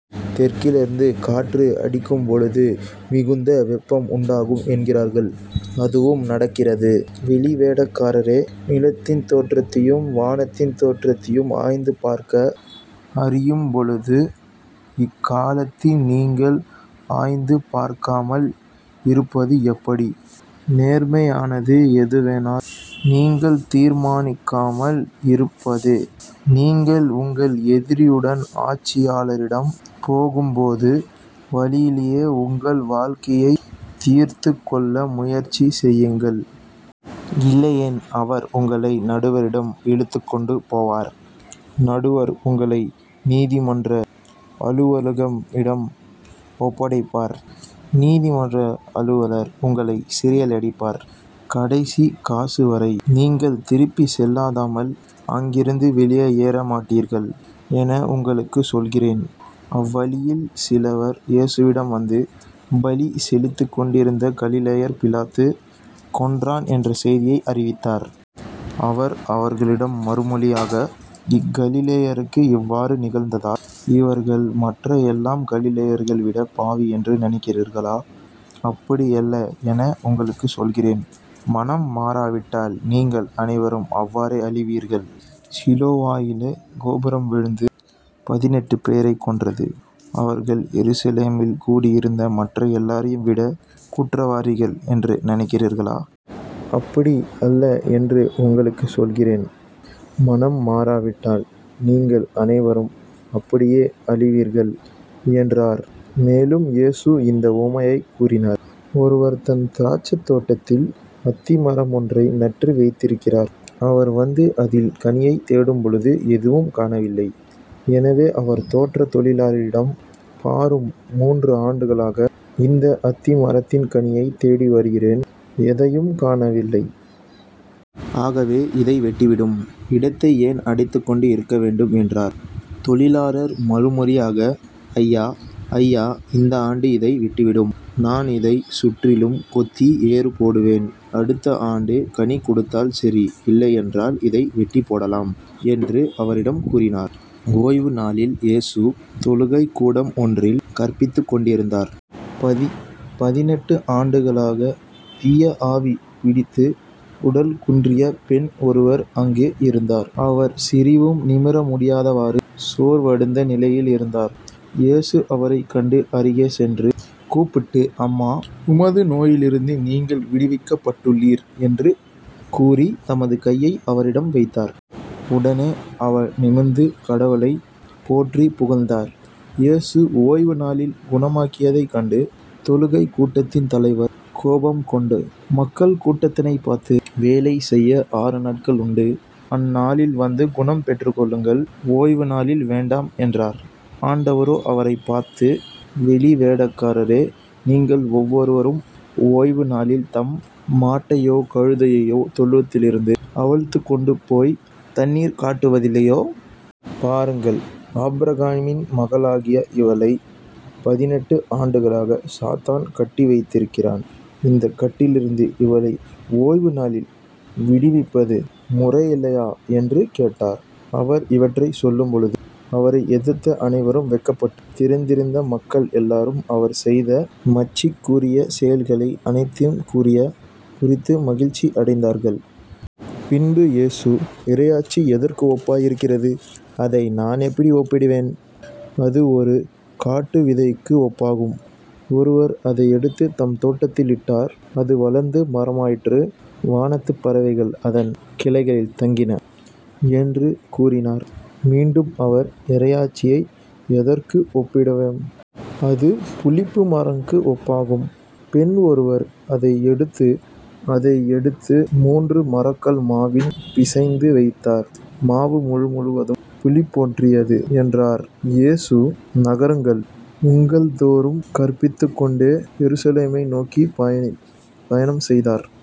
தெற்கிலிருந்து காற்று அடிக்கும்பொழுது மிகுந்த வெப்பம் உண்டாகும் என்கிறீர்கள். அதுவும் நடக்கிறது. வெளிவேடக்காரரே நிலத்தின் தோற்றத்தையும் வானின் தோற்றத்தையும் ஆய்ந்து பார்க்க அறிந்திருக்கும்போது இக்காலத்தை நீங்கள் ஆய்ந்து பாராமல் இருப்பது எப்படி? நேர்மையானது எதுவென நீங்கள் தீர்மானிக்காமல் இருப்பதேன்? நீங்கள் உங்கள் எதிரியோடு ஆட்சியாளரிடம் போகும்போது வழியிலேயே உங்கள் வழக்கைத் தீர்த்துக் கொள்ள முயற்சி செய்யுங்கள். இல்லையேல் அவர் உங்களை நடுவரிடம் இழுத்துக்கொண்டு போக நடுவர் உங்களை நீதிமன்ற அலுவலரிடம் ஒப்புவிப்பார் நீதிமன்ற அலுவலர் உங்களைச் சிறையிலடைப்பார். கடைசிக் காசுவரை நீங்கள் திருப்பிச் செலுத்தாமல் அங்கிருந்து வெளியேறமாட்டீர்கள் என உங்களுக்குச் சொல்கிறேன். அவ்வேளையில் சிலர் இயேசுவிடம் வந்து பலி செலுத்திக் கொண்டிருந்த கலிலேயரைப் பிலாத்து கொன்றான் என்ற செய்தியை அறிவித்தனர். அவர் அவர்களிடம் மறுமொழியாக இக்கலிலேயருக்கு இவ்வாறு நிகழ்ந்ததால் இவர்கள் மற்றெல்லாக் கலிலேயரையும் விடப் பாவிகள் என நினைக்கிறீர்களா? அப்படி அல்ல என உங்களுக்குச் சொல்கிறேன். மனம் மாறாவிட்டால் நீங்கள் அனைவரும் அவ்வாறே அழிவீர்கள். சீலோவாமிலே கோபுரம் விழுந்து பதினெட்டுப்பேரைக் கொன்றதே. அவர்கள் எருசலேமில் குடியிருந்த மற்ற எல்லாரையும்விடக் குற்றவாளிகள் என நினைக்கிறீர்களா? அப்படி அல்ல என உங்களுக்குச் சொல்கிறேன். மனம் மாறாவிட்டால் நீங்கள் அனைவரும் அப்படியே அழிவீர்கள் என்றார். மேலும் இயேசு இந்த உவமையைக் கூறினார் ஒருவர் தம் திராட்சைத் தோட்டத்தில் அத்திமரம் ஒன்றை நட்டு வைத்திருந்தார். அவர் வந்து அதில் கனியைத் தேடியபோது எதையும் காணவில்லை. எனவே அவர் தோட்டத் தொழிலாளிடம் பாரும் மூன்று ஆண்டுகளாக இந்த அத்தி மரத்தில் கனியைத் தேடி வருகிறேன் எதையும் காணவில்லை. ஆகவே இதை வெட்டிவிடும். இடத்தை ஏன் அடைத்துக்கொண்டிருக்க வேண்டும்? என்றார். தொழிலாளர் மறுமொழியாக ஐயா இந்த ஆண்டும் இதை விட்டுவையும் நான் இதைச் சுற்றிலும் கொத்தி எருபோடுவேன். அடுத்த ஆண்டு கனி கொடுத்தால் சரி இல்லையானால் இதை வெட்டிவிடலாம் என்று அவரிடம் கூறினார். ஓய்வுநாளில் இயேசு தொழுகைக்கூடம் ஒன்றில் கற்பித்துக்கொண்டிருந்தார். பதினெட்டு ஆண்டுகளாகத் தீய ஆவி பிடித்து உடல்நலம் குன்றிய பெண் ஒருவர் அங்கு இருந்தார். அவர் சிறிதும் நிமிர முடியாதவாறு கூன் விழுந்த நிலையில் இருந்தார். இயேசு அவரைக் கண்டு அருகே கூப்பிட்டு அம்மா உமது நோயிலிருந்து நீர் விடுவிக்கப்பட்டுள்ளீர் என்று கூறி தம் கைகளை அவர் மீது வைத்தார். உடனே அவர் நிமிர்ந்து கடவுளைப் போற்றிப் புகழ்ந்தார். இயேசு ஓய்வுநாளில் குணமாக்கியதைக் கண்ட தொழுகைக்கூடத் தலைவர் கோபம்கொண்டு மக்கள் கூட்டத்தினரைப் பார்த்து வேலை செய்ய ஆறு நாள்கள் உண்டே அந்நாள்களில் வந்து குணம் பெற்றுக்கொள்ளுங்கள் ஓய்வுநாளில் வேண்டாம் என்றார். ஆண்டவரோ அவரைப் பார்த்து வெளிவேடக்காரரே நீங்கள் ஒவ்வொருவரும் ஓய்வுநாளில் தம் மாட்டையோ கழுதையையோ தொழுவத்திலிருந்து அவிழ்த்துக் கொண்டு போய்த் தண்ணீர் காட்டுவதில்லையோ? பாருங்கள் ஆபிரகாமின் மகளாகிய இவரைப் பதினெட்டு ஆண்டுகளாகச் சாத்தான் கட்டி வைத்திருந்தான். இந்தக் கட்டிலிருந்து இவரை ஓய்வுநாளில் விடுவிப்பது முறையில்லையா? என்று கேட்டார். அவர் இவற்றைச் சொன்னபோது அவரை எதிர்த்த அனைவரும் வெட்கப்பட்டனர். திரண்டிருந்த மக்கள் எல்லாரும் அவர் செய்த மாட்சிக்குரிய செயல்கள் அனைத்தையும் குறித்து மகிழ்ச்சி அடைந்தனர். பின்பு இயேசு இறையாட்சி எதற்கு ஒப்பாயிருக்கிறது? அதை நான் எதற்கு ஒப்பிடுவேன்? அது ஒரு கடுகு விதைக்கு ஒப்பாகும். ஒருவர் அதை எடுத்துத் தம் தோட்டத்தில் இட்டார். அது வளர்ந்து மரமாயிற்று. வானத்துப் பறவைகள் அதன் கிளைகளில் தங்கின என்று கூறினார். மீண்டும் அவர் இறையாட்சியை எதற்கு ஒப்பிடுவேன்? அது புளிப்புமாவுக்கு ஒப்பாகும். பெண் ஒருவர் அதை எடுத்து மூன்று மரக்கால் மாவில் பிசைந்து வைத்தார். மாவு முழுவதும் புளிப்பேறியது என்றார். இயேசு நகர்கள் ஊர்கள் தோறும் கற்பித்துக்கொண்டே எருசலேம் நோக்கிப் பயணம் செய்தார்.